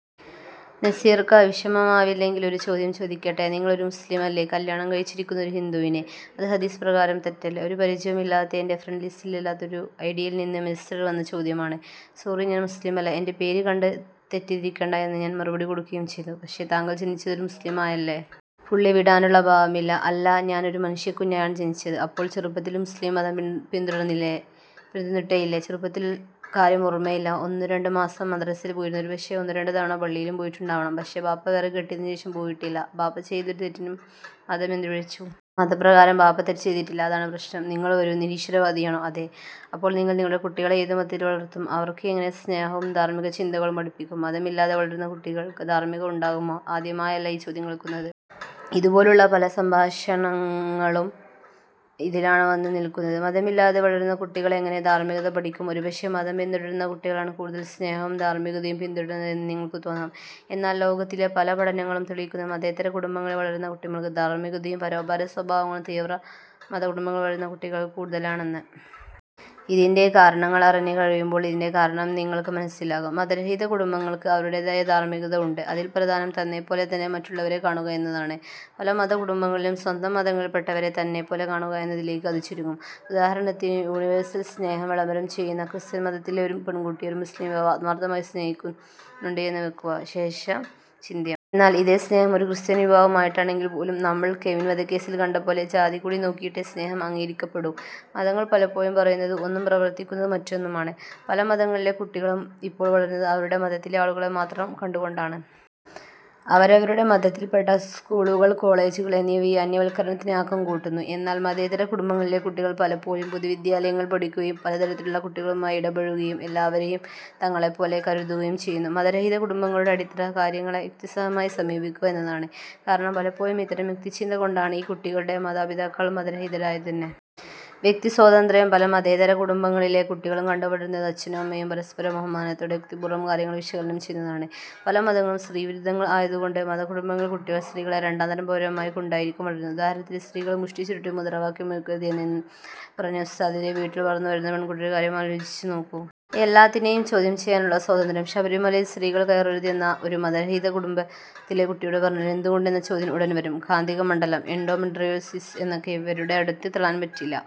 "നസീർക്ക, വിഷമം ആവില്ലെങ്കിൽ ഒരു ചോദ്യം ചോദിക്കട്ടെ? നിങ്ങൾ ഒരു മുസ്ലിം അല്ലെ, കല്യാണം കഴിച്ചിരിക്കുന്നത് ഒരു ഹിന്ദുവിനെ, അത് ഹദീസ് പ്രകാരം തെറ്റല്ലേ?" ഒരു പരിചയവും ഇല്ലാത്ത, എൻ്റെ ഫ്രണ്ട് ലിസ്റ്റിൽ ഇല്ലാത്ത ഒരു ഐഡിയിൽ നിന്ന് മെസ്സഞ്ചറിൽ വന്ന ചോദ്യമാണ്. "സോറി ഞാൻ മുസ്ലിമല്ല, എൻ്റെ പേര് കണ്ട് തെറ്റിദ്ധരിക്കണ്ട" എന്ന് ഞാൻ മറുപടി കൊടുക്കുകയും ചെയ്തു "പക്ഷേ, താങ്കൾ ജനിച്ചത് ഒരു മുസ്ലിമായല്ലേ?" പുള്ളി വിടാനുള്ള ഭാവമില്ല. "അല്ല, ഞാൻ ഒരു മനുഷ്യക്കുഞ്ഞായാണ് ജനിച്ചത്" "അപ്പോൾ ചെറുപ്പത്തിൽ മുസ്ലിം മതം പിന്തുടർന്നിട്ടേ ഇല്ലേ?" "ചെറുപ്പത്തിലേ കാര്യം ഓർമയില്ല, ഒന്നുരണ്ടു മാസം മദ്രസയിൽ പോയിരുന്നു. ഒരുപക്ഷേ, ഒന്നുരണ്ടു തവണ പള്ളിയിലും പോയിട്ടുണ്ടാവണം. പക്ഷേ, ബാപ്പ വേറെ കെട്ടിയതിന് ശേഷം പോയിട്ടില്ല." "ബാപ്പ ചെയ്ത ഒരു തെറ്റിന് മതം എന്ത് പിഴച്ചു?" "മതപ്രകാരം ബാപ്പ തെറ്റ് ചെയ്തിട്ടില്ല. അതാണ് പ്രശ്നം" "നിങ്ങൾ ഒരു നിരീശ്വരവാദിയാണോ?" "അതെ" "അപ്പോൾ നിങ്ങൾ നിങ്ങളുടെ കുട്ടികളെ ഏതു മതത്തിൽ വളർത്തും? അവർക്ക് എങ്ങനെ സ്നേഹവും ധാർമിക ചിന്തകളും പഠിപ്പിക്കും. മതം ഇല്ലാതെ വളരുന്ന കുട്ടികൾക്ക് ധാർമികത ഉണ്ടാകുമോ?" ആദ്യമായല്ല ഈ ചോദ്യം കേൾക്കുന്നത്. ഇതുപോലുള്ള പല സംഭാഷങ്ങളും ഇതിലാണ് വന്നുനിൽക്കുന്നത് മതമില്ലാതെ വളരുന്ന കുട്ടികൾ എങ്ങനെ ധാർമികത പഠിക്കും. ഒരുപക്ഷേ, മതം പിന്തുടരുന്ന കുട്ടികളാണ് കൂടുതൽ സ്നേഹവും ധാർമികതയും പിന്തുടരുന്നത് എന്ന് നിങ്ങൾക്ക് തോന്നാം. എന്നാൽ, ലോകത്തിലെ പല പഠനങ്ങളും തെളിയിക്കുന്നത് മതേതര കുടുംബത്തിൽ വളരുന്ന കുട്ടികൾക്ക് ധാർമികതയും, പരോപകാര സ്വഭാവങ്ങളും തീവ്രമതകുടുംബങ്ങളിൽ വളരുന്ന കുട്ടികളേക്കാൾ കൂടുതലാണെന്നാണ്. ഇതിൻ്റെ കാരണങ്ങൾ അറിഞ്ഞ് കഴിയുമ്പോൾ ഇതിൻ്റെ കാരണം നിങ്ങൾക്ക് മനസിലാകും. മതരഹിത കുടുംബങ്ങൾക്ക് അവരുടേതായ ധാർമികത ഉണ്ട്. അതിൽ പ്രധാനം തന്നെപ്പോലെ തന്നെ മറ്റുള്ളവരെ കാണുക എന്നതാണ്. പല മത കുടുംബങ്ങളിലും സ്വന്തം മതങ്ങളിൽ പെട്ടവരെ തന്നെപോലെ കാണുക എന്നതിലേക്ക് അത് ചുരുങ്ങും. ഉദാഹരണത്തിന് യൂണിവേഴ്സൽ സ്നേഹം വിളംബരം ചെയ്യുന്ന, ക്രിസ്ത്യൻ മതത്തിലെ ഒരു പെൺകുട്ടിയെ ഒരു മുസ്ലിം യുവാവ് ആത്മാർത്ഥമായി സ്നേഹിക്കുന്നുണ്ട് എന്ന് വക്കുക, ശേഷം ചിന്ത്യം. എന്നാൽ, ഇതേ സ്നേഹം ഒരു ക്രിസ്ത്യൻ യുവാവും ആയിട്ടാണെങ്കിൽ പോലും, നമ്മൾ കെവിൻ വധക്കേസിൽ കണ്ടപോലെ, ജാതി കൂടി നോക്കിയിട്ടെ സ്നേഹം അംഗീകരിക്കപ്പെടൂ. മതങ്ങൾ പലപ്പോഴും പറയുന്നത് ഒന്നും, പ്രവർത്തിക്കുന്നത് മറ്റൊന്നുമാണ്. പല മതങ്ങളിലെ കുട്ടികളും ഇപ്പോൾ വളരുന്നത് അവരുടെ മതത്തിലെ ആളുകളെ മാത്രം കണ്ടുകൊണ്ടാണ്. അവരവരുടെ മതത്തിൽ പെട്ട സ്കൂളുകൾ കോളേജുകൾ എന്നിവ ഈ അന്യവൽക്കരണത്തിന് ആക്കം കൂട്ടുന്നു. എന്നാൽ, മതേതര കുടുംബങ്ങളിലെ കുട്ടികൾ പലപ്പോഴും പൊതുവിദ്യാലയങ്ങളിൽ പഠിക്കുകയും പലതരത്തിലുള്ള കുട്ടികളുമായി ഇടപഴകുകയും, എല്ലാവരെയും തങ്ങളെ പോലെ കരുതുകയും ചെയ്യുന്നു. മതരഹിത കുടുംബങ്ങളുടെ അടിത്തറ കാര്യങ്ങളെ യുക്തിസഹമായി സമീപിക്കുക എന്നതാണ്, കാരണം പലപ്പോഴും ഇത്തരം യുക്തിചിന്ത കൊണ്ടാണ് ഈ കുട്ടികളുടെ മാതാപിതാക്കൾ മതരഹിതരായത് തന്നെ. വ്യക്തി സ്വാതന്ത്ര്യം. പല മതേതര കുടുംബങ്ങളിലെ കുട്ടികളും കണ്ടുവളരുന്നത് അച്ഛനും അമ്മയും പരസ്പരബഹുമാനത്തോടെ യുക്തിപൂർവം കാര്യങ്ങൾ വിശകലനം ചെയ്യുന്നതാണ്. പല മതങ്ങളും സ്ത്രീവിരുദ്ധങ്ങൾ ആയതുകൊണ്ട് മതകുടുംബങ്ങളിൽ കുട്ടികൾ സ്ത്രീകളെ രണ്ടാംതരം പൗരന്മാരായി കൊണ്ടായിരിക്കും വളരുന്നത്. ഉദാഹരണത്തിന് 'സ്ത്രീകൾ മുഷ്ടി ചുരുട്ടി മുദ്രവാക്യം മുഴക്കരുത്' എന്ന് ഇന്നലെ പറഞ്ഞ ഉസ്താദിൻ്റെ വീട്ടിൽ വളർന്നു വരുന്ന പെൺകുട്ടികളുടെ കാര്യം ആലോചിച്ചു നോക്കൂ. എല്ലാത്തിനെയും ചോദ്യം ചെയ്യാനുള്ള സ്വാതന്ത്ര്യം. ശബരിമലയിൽ സ്ത്രീകൾ കയറരുത് എന്ന് ഒരു മതരഹിത കുടുംബത്തിലെ കുട്ടിയോട് പറഞ്ഞാൽ എന്തുകൊണ്ട് എന്ന ചോദ്യം ഉടൻ വരും. കാന്തിക മണ്ഡലം, "എൻഡോമെട്രിയോസിസ്" എന്നൊക്കെ ഇവരുടെ അടുത്ത് തള്ളാൻ പറ്റില്ല.